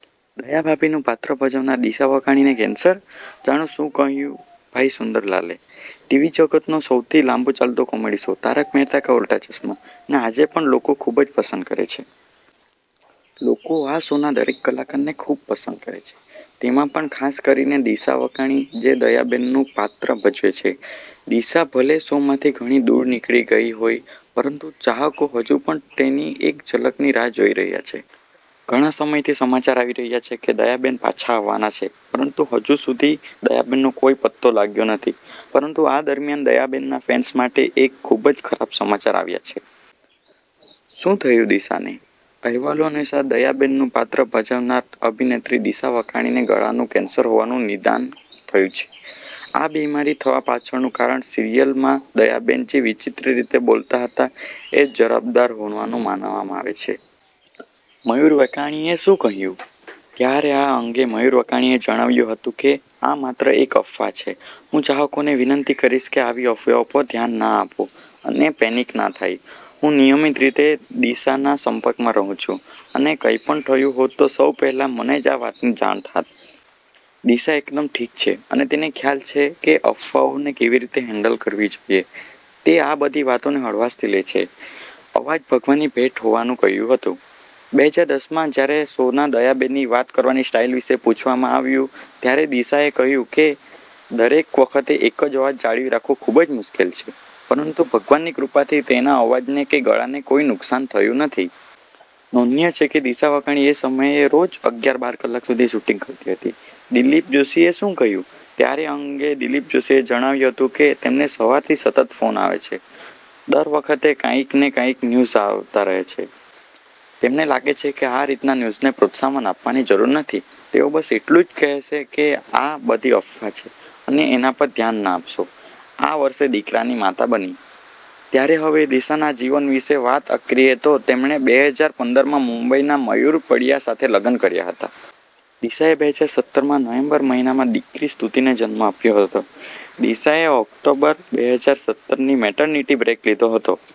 દયાભાભીનું પાત્ર ભજવનાર દિશા વકાણીને કેન્સર? જાણો શું કહ્યું ભાઈ સુંદર લાલે: ટીવી જગતનો સૌથી લાંબો ચાલતો કોમેડી શો 'તારક મહેતા કા ઉલ્ટા ચશ્મા' ને આજે પણ લોકો ખુબ જ પસંદ કરે છે. લોકો આ શોના દરેક કલાકારને ખૂબ પસંદ કરે છે. તેમાં પણ ખાસ કરીને દિશા વકાણી, જે દયાબેન નું પાત્ર ભજવે છે. દિશા ભલે શોમાંથી ઘણી દૂર નીકળી ગઈ હોય, પરંતુ ચાહકો હજુ પણ તેની એક ઝલકની રાહ જોઈ રહ્યા છે. ઘણા સમયથી સમાચાર આવી રહ્યા છે કે દયાબેન પાછા આવવાના છે પરંતુ હજુ સુધી દયાબેનનો કોઈ પત્તો લાગ્યો નથી. પરંતુ આ દરમિયાન દયાબેનના ફેન્સ માટે એક ખૂબ જ ખરાબ સમાચાર આવ્યા છે. શું થયું દિશાને? અહેવાલો અનુસાર, દયાબેનનું પાત્ર ભજવનાર અભિનેત્રી દિશા વકાણીને ગળાનું કેન્સર હોવાનું નિદાન થયું છે. આ બીમારી થવા પાછળનું કારણ સિરિયલમાં દયાબેન જે વિચિત્ર રીતે બોલતાં હતાં એ જવાબદાર હોવાનું માનવામાં આવે છે. મયૂર વકાણીએ શું કહ્યું? ત્યારે આ અંગે મયૂર વકાણીએ જણાવ્યું હતું કે, 'આ માત્ર એક અફવા છે. હું ચાહકોને વિનંતી કરીશ કે આવી અફવાઓ પર ધ્યાન ના આપે અને પેનિક ના થાય. હું નિયમિત રીતે દિશાના સંપર્કમાં રહું છું અને કંઈપણ થયું હોત તો સૌ પહેલા મને જ આ વાતની જાણ થાત. દિશા એકદમ ઠીક છે અને તેને ખ્યાલ છે કે અફવાઓને કેવી રીતે હેન્ડલ કરવી જોઈએ. તે આ બધી વાતોને હળવાશથી લે છે.' અવાજ ભગવાનની ભેટ હોવાનું કહ્યું હતું: બેહજાર દસ માં જ્યારે શોના દયાબેનની વાત કરવાની સ્ટાઈલ વિશે પૂછવામાં આવ્યું ત્યારે દિશાએ કહ્યું કે, દરેક વખતે એક જ અવાજ જાળવી રાખવો ખૂબ જ મુશ્કેલ છે, પરંતુ ભગવાનની કૃપાથી તેના અવાજ ને કે ગળાને કોઈ નુકસાન થયું નથી. નોંધનીય છે કે દિશા વકાણી એ સમયે રોજ અગ્યાર-બાર કલાક સુધી શૂટિંગ કરતી હતી. દિલીપ જોષીએ શું કહ્યું? ત્યારે આ અંગે દિલીપ જોષીએ જણાવ્યું હતું કે, તેમને સવારથી સતત ફોન આવે છે. દર વખતે કાંઈક ને કાંઈક ન્યૂઝ આવતા રહે છે. તેમને લાગે છે કે આ રીતના ન્યૂઝને પ્રોત્સાહન આપવાની જરૂર નથી. તેઓ બસ એટલુ જ કહેશે કે આ બધી અફવા છે અને એના પર ધ્યાન ન આપશો. આ વર્ષે દિકરાની માતા બની: ત્યારે હવે દિશાના જીવન વિશે વાત અક્રીએ તો, તેમણે બેહજાર પંદર માં મુંબઈ ના મયૂર પડિયા સાથે લગ્ન કર્યા હતા. દિશાએ બેહજાર સત્તર માં નવેમ્બર મહિનામાં દીકરી સ્તુતિને જન્મ આપ્યો હતો. દિશાએ ઓક્ટોબર, બેહજાર સત્તરની મૅટરનિટી બ્રેક લીધો હતો.